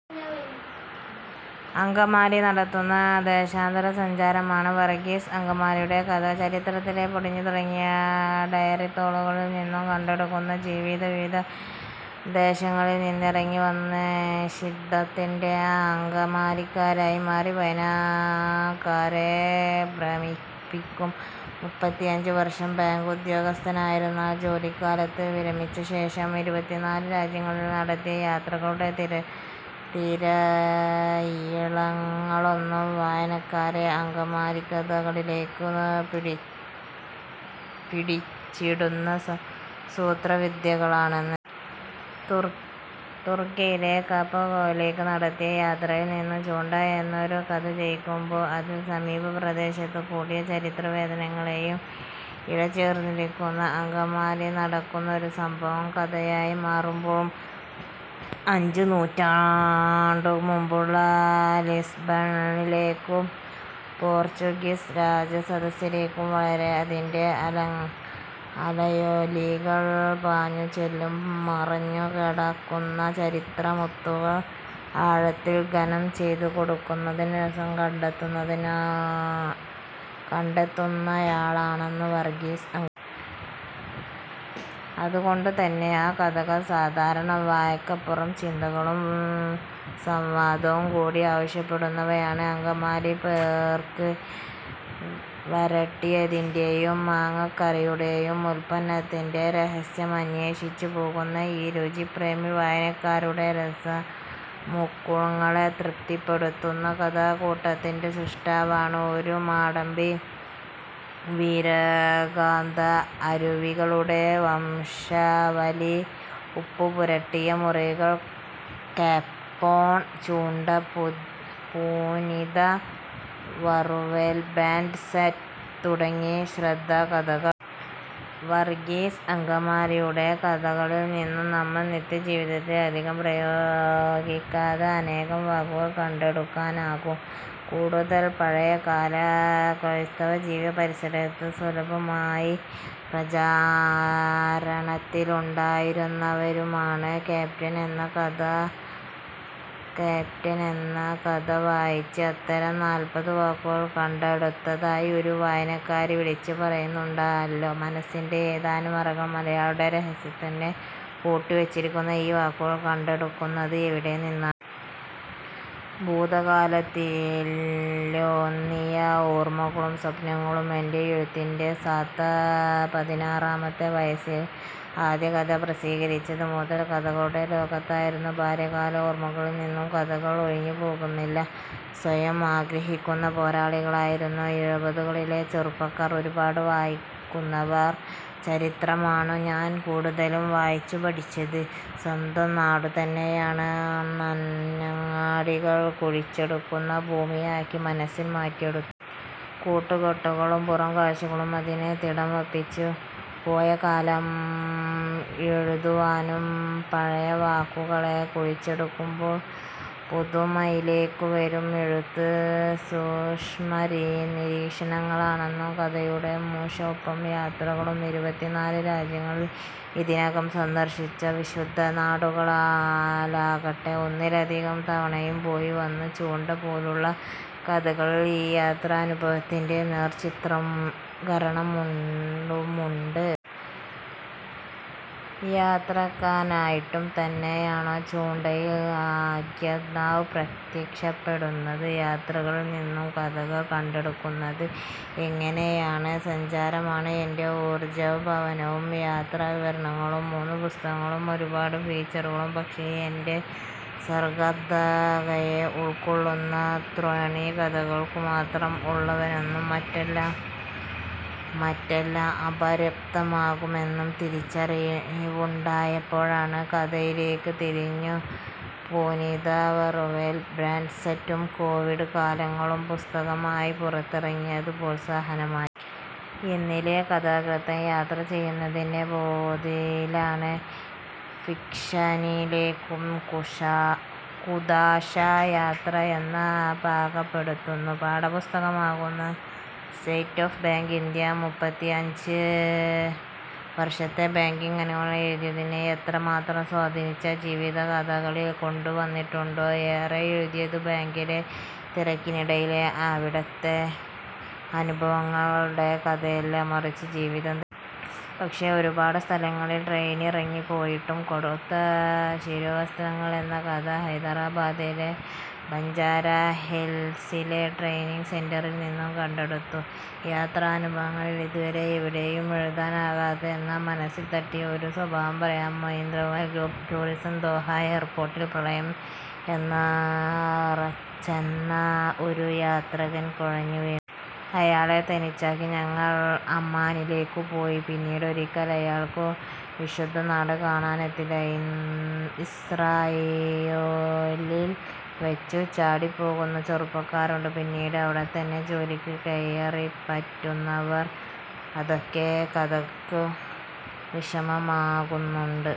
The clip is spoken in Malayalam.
അങ്കമാലി നടത്തുന്ന ദേശാന്തരസഞ്ചാരമാണ് വർഗീസ് അങ്കമാലിയുടെ കഥകൾ. ചരിത്രത്തിൻ്റെ പൊടിഞ്ഞു തുടങ്ങിയ ഡയറിത്താളുകളിൽനിന്നു കണ്ടെടുക്കുന്ന ജീവിതങ്ങൾ വിവിധ ദേശങ്ങളിൽ നിന്നിറങ്ങി വന്നു നിമിഷാർധത്തിൽ അങ്കമാലിക്കാരായി മാറി വായനക്കാരെ ഭ്രമിപ്പിക്കും. മുപ്പത്തിഅഞ്ച് വർഷം ബാങ്ക് ഉദ്യോഗസ്ഥനായിരുന്നയാൾ ജോലിക്കാലത്തും വിരമിച്ച ശേഷവും ഇരുപത്തിനാല് രാജ്യങ്ങളിലൂടെ നടത്തിയ യാത്രകളുടെ തിരയിളക്കങ്ങളാണു വായനക്കാരെ ആ അങ്കമാലിക്കഥകളിലേക്കു പിടിച്ചിടുന്ന സൂത്രവിദ്യകളിലൊന്ന്. തുർക്കിയിലെ കപ്പഡോക്യയിലേക്കു നടത്തിയ യാത്രയിൽനിന്നു ‘ചൂണ്ട’ എന്നൊരു കഥ ജനിക്കുമ്പോൾ അതിൽ സമീപദേശങ്ങളുടെ കൂടി ചരിത്രവും വേദനകളുമെല്ലാം ഇഴചേർന്നിരിക്കും. അങ്കമാലിയിൽ നടക്കുന്നൊരു സംഭവം കഥയായി മാറുമ്പോൾ അഞ്ചു നൂറ്റാണ്ടു മുൻപുള്ള ലിസ്ബണിലേക്കും പോർച്ചുഗീസ് രാജസദസ്സിലേക്കും വരെ അതിൻ്റെ അലയൊലികൾ പാഞ്ഞുചെല്ലും. മറഞ്ഞു കിടക്കുന്ന ചരിത്രമുത്തുകൾ ആഴത്തിൽ ഖനനം ചെയ്തെടുക്കുന്നതിൽ രസം കണ്ടെത്തുന്നയാളാണു വർഗീസ് അങ്കമാലി. അതുകൊണ്ടുതന്നെ ആ കഥകൾ സാധാരണ വായനയ്ക്കപ്പുറം ചിന്തയും സംവാദവും കൂടി ആവശ്യപ്പെടുന്നവയാണ്. അങ്കമാലി പോർക്ക് വരട്ടിയതിൻ്റെയും മാങ്ങാക്കറിയുടെയും ഉൽപത്തിരഹസ്യമന്വേഷിച്ചു പോകുന്ന ഈ രുചിപ്രേമി വായനക്കാരുടെ രസമുകുളങ്ങളെ തൃപ്തിപ്പെടുത്തുന്ന കഥക്കൂട്ടിൻ്റെ സ്രഷ്ടാവാണ്. ഒരു മാടമ്പി വീരഗാഥ, അരൂപികളുടെ വംശാവലി, ഉപ്പുപുരട്ടിയ മുറിവുകൾ, കപ്ലോൻ, ചൂണ്ട, പുനിത വറുവേൽ ബാൻ്റ് സെറ്റ് തുടങ്ങിയവ ശ്രദ്ധേയ കഥകൾ. വർഗീസ് അങ്കമാലിയുടെ കഥകളിൽനിന്ന് നമ്മൾ നിത്യ ജീവിതത്തിൽ അധികം പ്രയോഗിക്കാത്ത അനേകം വാക്കുകൾ കണ്ടെടുക്കാനാകും. കൂടുതലും പഴയകാല ക്രൈസ്തവ ജീവിത പരിസരത്ത് സുലഭമായി പ്രചാരത്തിലുണ്ടായിരുന്നവയുമാണ്. ‘കപ്ലോൻ’ എന്ന കഥ വായിച്ച് അത്തരം നാൽപത് വാക്കുകൾ കണ്ടെടുത്തതായി ഒരു വായനക്കാരി വിളിച്ചു പറയുകയുമുണ്ടായല്ലോ. മനസ്സിൻ്റെ ഏതോ അറകളിൽ മലയാളി രഹസ്യത്താക്കോലിട്ടു പൂട്ടി വച്ചിരിക്കുന്ന ഈ വാക്കുകൾ കണ്ടെടുക്കുന്നത് എവിടെനിന്നാണ്? ഭൂതകാലത്തിലൂന്നിയ ഓർമയും സ്വപ്നങ്ങളുമാണ് എൻ്റെ എഴുത്തിൻ്റെ സത്ത. പതിനാറാമത്തെ വയസ്സിൽ ആദ്യകഥ പ്രസിദ്ധീകരിച്ചതു മുതൽ കഥകളുടെ ലോകത്തായിരുന്നു. ബാല്യകാല ഓർമകളിൽനിന്ന് കഥകൾ ഒഴിഞ്ഞുപോകുന്നില്ല. സ്വയം നിഗ്രഹിക്കുന്ന പോരാളികളായിരുന്നു എഴുപതുകളിലെ ചെറുപ്പക്കാർ. ഒരുപാടു വായിക്കുന്നവർ. ചരിത്രമാണു ഞാൻ കൂടുതലും വായിച്ചു പഠിച്ചത്. സ്വന്തം നാടുതന്നെയാണ് നന്നങ്ങാടികൾ കുഴിച്ചെടുക്കുന്ന ഭൂമികയാക്കി മനസ്സിനെ മാറ്റിയെടുത്തത്. കൂട്ടുകെട്ടുകളും പുറംകാഴ്ചകളും അതിനെ തിടം വപ്പിച്ചു. പോയകാലം എഴുതുവാൻ പഴയവാക്കുകളെ കുഴിച്ചെടുക്കുമ്പോൾ പുതുമയിലേക്കു വരും, എഴുത്ത്. സൂക്ഷ്മനിരീക്ഷണങ്ങളാണു കഥയുടെ മൂശ, ഒപ്പം യാത്രകളും. ഇരുപത്തിനാല് രാജ്യങ്ങൾ ഇതിനകം സന്ദർശിച്ചല്ലോ. വിശുദ്ധനാടുകളാകട്ടെ ഒന്നിലധികം തവണയും പോയി വന്നു. 'ചൂണ്ട' പോലുള്ള കഥകളിൽ ഈ യാത്രാനുഭവത്തിൻ്റെ നേർ ചിത്രീകരണവുമുണ്ട്. യാത്രികനായിട്ടു തന്നെയാണല്ലോ ചൂണ്ടയിൽ ആഖ്യാതാവ് പ്രത്യക്ഷപ്പെടുന്നത്. യാത്രകളിൽ നിന്നു കഥകൾ കണ്ടെടുക്കുന്നത് എങ്ങനെയാണ്? സഞ്ചാരമാണ് എൻ്റെ ഊർജവും ഭാവനയും. യാത്രാവിവരണങ്ങളുടെ മൂന്നു പുസ്തകങ്ങൾ. ഒരുപാടു ഫീച്ചറുകൾ. പക്ഷേ, എൻ്റെ സർഗാത്മകതയെ ഉൾക്കൊള്ളാനുള്ള ത്രാണി കഥകൾക്കു മാത്രമേ ഉള്ളുവെന്നും മറ്റെല്ലാം അപര്യാപ്തമാണെന്നും തിരിച്ചറിവുണ്ടായപ്പോൾ കഥയിലേക്കു തിരിഞ്ഞു. പുനിതവറുവേൽ ബാൻ്റ് സെറ്റും കോവിൽകാളകളും പുസ്തകമായി പുറത്തിറങ്ങിയതു പ്രോത്സാഹനമായി. എന്നിലെ കഥാകൃത്താണ് യാത്ര ചെയ്യുന്നതെന്ന ബോധ്യത്തിലാണ് ഫിക്ഷനിലേക്കുള്ള കൂദാശ. യാത്ര എന്നെ പാകപ്പെടുത്തുന്നു, പാഠപുസ്തകമാകുന്നു. സ്റ്റേറ്റ് ബാങ്ക് ഓഫ് ഇന്ത്യയിലെ മുപ്പത്തിഅഞ്ച് വർഷത്തെ ബാങ്കിങ് അനുഭവങ്ങൾ എഴുത്തിനെ എത്ര മാത്രം സ്വാധീനിച്ചു. ആ ജീവിതം കഥകളിൽ കൊണ്ടുവന്നിട്ടുണ്ടോ? ഏറെ എഴുതിയത് ബാങ്കിലെ തിരക്കിനിടയിലാണ്. അവിടുത്തെ അനുഭവങ്ങൾ കഥയല്ല, മറിച്ചു ജീവിതം തന്നെയാണ്. പക്ഷേ, ഒരുപാടു സ്ഥലങ്ങളിൽ ട്രെയിനിങ്ങിനായി പോയിട്ടുണ്ട്. 'കറുത്ത ശിരോവസ്ത്രങ്ങൾ ' എന്ന കഥ ഹൈദരാബാദിലെ ബെഞ്ചാര ഹിൽസിലെ ട്രെയിനിങ് സെൻ്ററിൽനിന്നു കണ്ടെടുത്തതാണ്. യാത്രാനുഭവങ്ങളിൽ ഇതുവരെ എവിടെയും എഴുതാത്ത, എന്നാൽ മനസ്സിൽ തട്ടിയ ഒരു സംഭവം പറയാമോ? ഇസ്രയേൽ ഗ്രൂപ്പ് ടൂറിൽ ദോഹ എയർപോർട്ടിൽ പ്രായം ഏറെച്ചെന്ന ഒരു യാത്രികൻ കുഴഞ്ഞു വീണു. അയാളെ തനിച്ചാക്കി ഞങ്ങൾ അമ്മാനിലേക്കു പോയി. പിന്നീടൊരിക്കലും അയാൾക്കു വിശുദ്ധനാട് കാണാനൊത്തില്ല. ഇസ്രയേലിൽ വച്ചു ചാടിപ്പോകുന്ന ചെറുപ്പക്കാരുണ്ട്. പിന്നീട് അവിടെത്തന്നെ ജോലിക്ക് കയറിപ്പറ്റുന്നവർ. അതൊക്കെ കഥയ്ക്കു വിഷയമാകുന്നുണ്ട്.